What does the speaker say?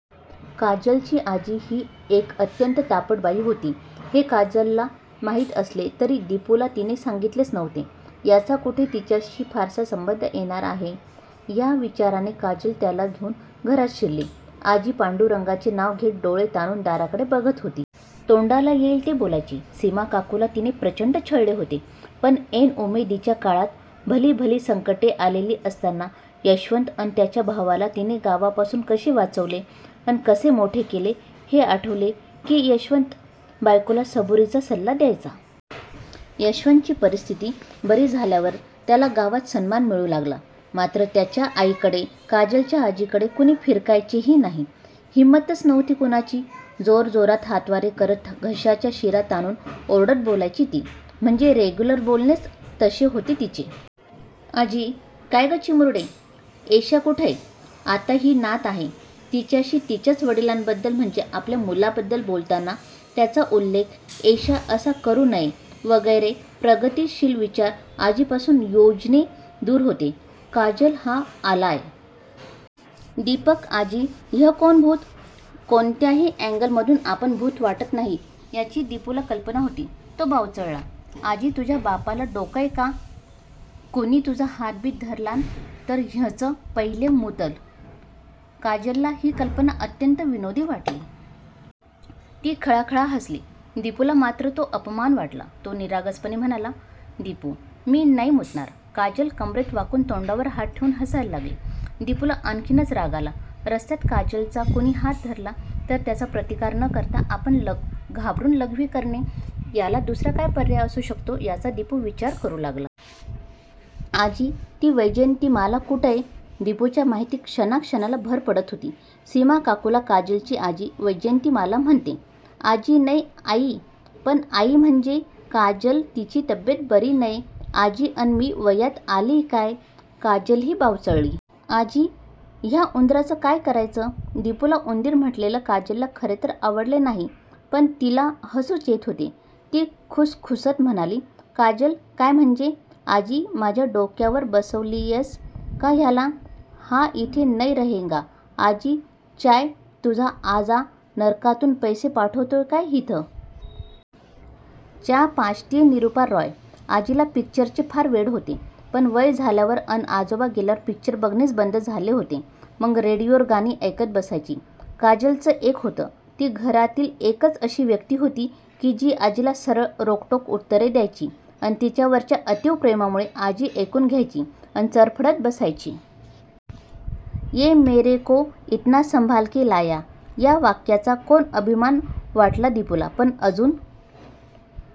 काजलची आजी ही एक अत्यंत तापट बाई होती हे काजलला माहीत असले तरी दिपूला तिने सांगीतलेच नव्हते. 'याचा कुठे तिच्याशी फारसा संबंध येणार आहे' या विचाराने काजल त्याला घेऊन घरात शिरली. आजी पांडुरंगाचे नाव घेत डोळे ताणून दाराकडे बघत होती. तोंडाला येईल ते बोलायची. सीमाकाकूला तिने प्रचंड छळले होते. पण ऐन उमेदीच्या काळात भलीभली संकटे आलेली असताना यशवंत अन त्याच्या भावाला तिने गावापासून कसे वाचवले अन कसे मोठे केले हे आठवले की यशवंत बायकोला सबुरीचा सल्ला द्यायचा. यशवंतची परिस्थिती बरी झाल्यावर त्याला गावात सन्मान मिळू लागला. मात्र त्याच्या आईकडे, काजलच्या आजीकडे कुणी फिरकायचेही नाही. हिम्मतच नव्हती कुणाची. जोरजोरात हातवारे करत घशाच्या शिरा ताणून ओरडत बोलायची ती! म्हणजे, रेग्युलर बोलणेच तसे होते तिचे! आजी काय गं चिमुरडे? येश्या कुठंय? आता ही नात आहे. तिच्याशी तिच्याच वडिलांबद्दल, म्हणजे आपल्या मुलाबद्दल बोलताना त्याचा उल्लेख 'येश्या' असा करू नये वगैरे प्रगतीशील विचार आजीपासून योजने दूर होते. काजल हा आलाय. दीपक आजी ह्यं कोण भूत? कोणत्याही अँगलमधून आपण भूत वाटत नाही याची दिपूला कल्पना होती. तो बावचळला. आजी तुझ्या बापाला डोकंय का? कुनी तुझा हात बित धरलान तर ह्यंच पह्यलं मुतंल, काजलला ही कल्पना अत्यंत विनोदी वाटली. ती खळाखळा हसली. दिपूला मात्र तो अपमान वाटला. तो निरागसपणे म्हणाला: दिपू मी नय मुतणार! काजल कंबरेत वाकून तोंडावर हात ठेवून हसायला लागली. दिपूला आणखीनच राग आला. रस्त्यात काजलचा कुणी हात धरला तर त्याचा प्रतिकार न करता आपण घाबरून लघ्वी करणे याला दुसरा काय पर्याय असू शकतो याचा दिपू विचार करू लागला. आजी ती वैजयंतीमाला कुटंय? दिपूच्या माहितीत क्षणाक्षणाला भर पडत होती. सीमाकाकूला काजलची आजी वैजयंतीमाला म्हणते. आजी नय आयी? नय आयी म्हणजे? काजल तिची तब्येत बरी नय आजी अन मी वयात आलीय काय? काजलही बावचळली. आजी ह्या उंदराचं काय करायचंय? दिपूला उंदीर म्हंटलेले काजलला खरे तर आवडले नाही, पण तिला हसूच येत होते. ती खुसखुसत म्हणाली: काजल काय म्हंजे? आजी माझ्या डोक्यावर बसवतीयस का ह्याला? हा इथे नय रहेंगा, आजी चाय तुझा आजा नरकातून पैसे पाठवतोय काय हितं? चा पाजतीय निरूपा रॉय, आजीला पिक्चरचे फार वेड होते. पण वय झाल्यावर अन आजोबा गेल्यावर पिक्चर बघणेच बंद झाले होते. मग रेडिओवर गाणी ऐकत बसायची. काजलचं एक होतं. ती घरातील एकच अशी व्यक्ती होती की जी आजीला सरळ रोखठोक उत्तरे द्यायची अन तिच्यावरच्या अतीव प्रेमामुळे आजी ऐकून घ्यायची अन चरफडत बसायची. 'ये मेरेको इतना संभालके लाया' या वाक्याचा कोण अभिमान वाटला दिपूला. पण अजून